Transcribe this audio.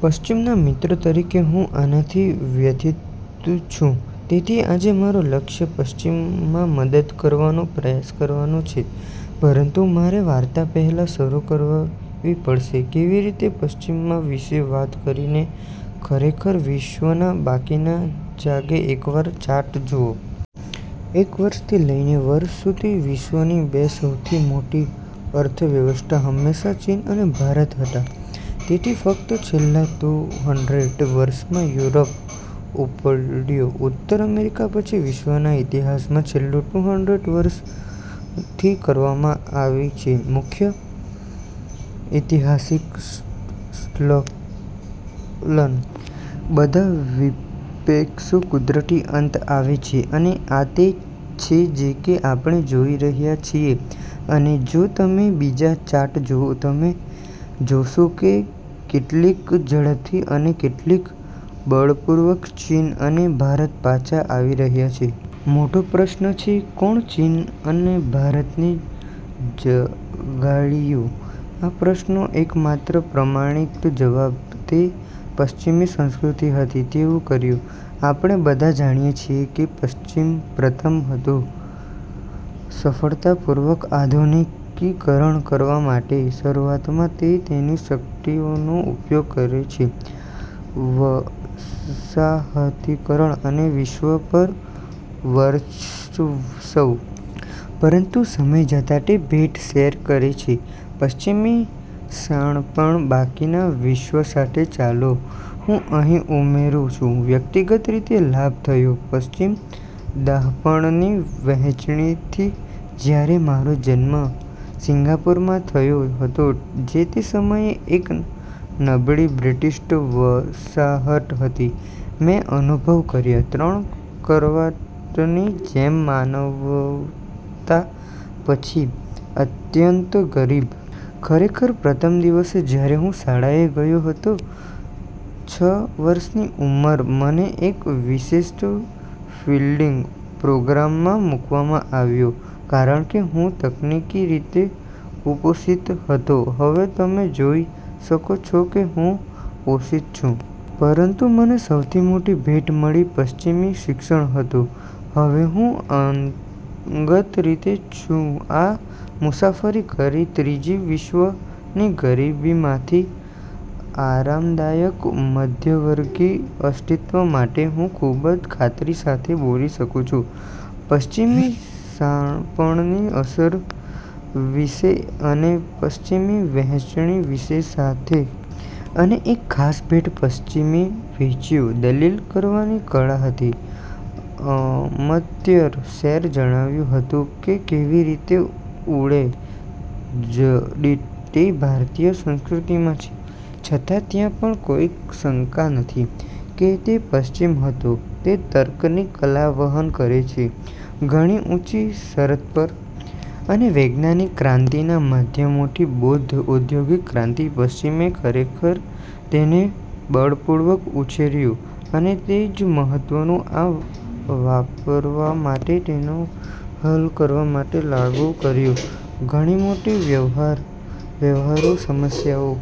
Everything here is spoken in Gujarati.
પશ્ચિમના મિત્ર તરીકે હું આનાથી વ્યથિત છું. તેથી આજે મારું લક્ષ્ય પશ્ચિમમાં મદદ કરવાનો પ્રયાસ કરવાનો છે. પરંતુ મારે વાર્તા પહેલા શરૂ કરવી પડશે કેવી રીતે પશ્ચિમમાં વિશે વાત કરીને ખરેખર વિશ્વના બાકીના જાગે એકવાર ચાર્ટ જુઓ. એક વર્ષથી લઈને વર્ષ સુધી, વિશ્વની બે સૌથી મોટી અર્થવ્યવસ્થા હંમેશાં ચીન અને ભારત હતા. તેથી ફક્ત છેલ્લા ટુ હન્ડ્રેડ વર્ષોમાં યુરોપ ઉપડ્યો ઉત્તર અમેરિકા પછી. વિશ્વના ઇતિહાસમાં છેલ્લા ટુ હન્ડ્રેડ વર્ષ થી કરવામાં આવી છે મુખ્ય ઐતિહાસિક સ્ખલન. બધા વિક્ષેપો કુદરતી અંત આવે છે અને આ તે છે જે આપણે જોઈ રહ્યા છીએ. અને જો તમે બીજા ચાર્ટ જુઓ, તમે જોશો કે કેટલી ઝડપથી અને કેટલી બળપૂર્વક ચીન અને ભારત પાછા આવી રહ્યા છે. મોટો પ્રશ્ન છે, "કોણે ચીન અને ભારતને જગાડ્યું?" આ પ્રશ્નનો એકમાત્ર પ્રામાણિક જવાબ તે પશ્ચિમી સંસ્કૃતિ હતી તેવું કર્યું. આપણે બધા જાણીએ છીએ કે પશ્ચિમ પ્રથમ હતું સફળતાપૂર્વક આધુનિકીકરણ કરવા માટે. શરૂઆતમાં તે તેની શક્તિનો ઉપયોગ કરે છે વસાહતીકરણ અને વિશ્વ પર વર્ચસ્વ. પરંતુ સમય જતાં, તે ભેટ શેર કરે છે પશ્ચિમી શાણપણ બાકીના વિશ્વ સાથે. ચાલો હું અહીં ઉમેરું છું વ્યક્તિગત રીતે લાભ થયો પશ્ચિમી ડહાપણની વહેંચણીથી. જ્યારે મારો જન્મ સિંગાપોરમાં થયો હતો, જે તે સમયે એક નબળી બ્રિટીશ વસાહત હતી, મેં અનુભવ કર્યો, ત્રણ ક્વાર્ટરની જેમ માનવતા પછી આત્યંતિક ગરીબી. ખરેખર, પ્રથમ દિવસે જ્યારે હું શાળાએ ગયો હતો છ વર્ષની ઉંમરે, મને એક વિશેષ ફીડિંગ પ્રોગ્રામમાં મૂકવામાં આવ્યો કારણ કે હું તકનીકી રીતે કુપોષિત હતો. હવે તમે જોઈ શકો છો કે હું પોષિત છું. પરંતુ મને સૌથી મોટી ભેટ મળી પશ્ચિમી શિક્ષણ હતું. હવે હું અંગત રીતે છું. આ મુસાફરી કરી ત્રીજી વિશ્વની ગરીબીમાંથી આરામદાયક મધ્યમવર્ગીય અસ્તિત્વ માટે. હું ખૂબ ખાતરી સાથે બોલી શકું છું પશ્ચિમી શાણપણની અસર વિશે અને પશ્ચિમીની વહેંચણી વિશ્વ સાથે. અને એક ખાસ ભેટ જે પશ્ચિમે વહેંચ્યું દલીલ કરવાની કળા હતી. અમર્ત્ય સેન જણાવ્યું હતું કે કેવી રીતે ઊંડે જડિત તે ભારતીય સંસ્કૃતિમાં છે. છતાં ત્યાં પણ કોઈ શંકા નથી કે તે પશ્ચિમ હતો તે તર્કની કળા વહન કરે છે ઘણી ઊંચી સ્તર પર. અને વૈજ્ઞાનિક ક્રાંતિના માધ્યમથી બોધ, ઔદ્યોગિક ક્રાંતિ, પશ્ચિમે ખરેખર તેને બળપૂર્વક ઉછેર્યું અને તે જ મહત્વનું આ વાપરવા માટે તેને હલ કરવા માટે લાગુ કર્યું ઘણી મોટી વ્યવહારુ સમસ્યાઓ.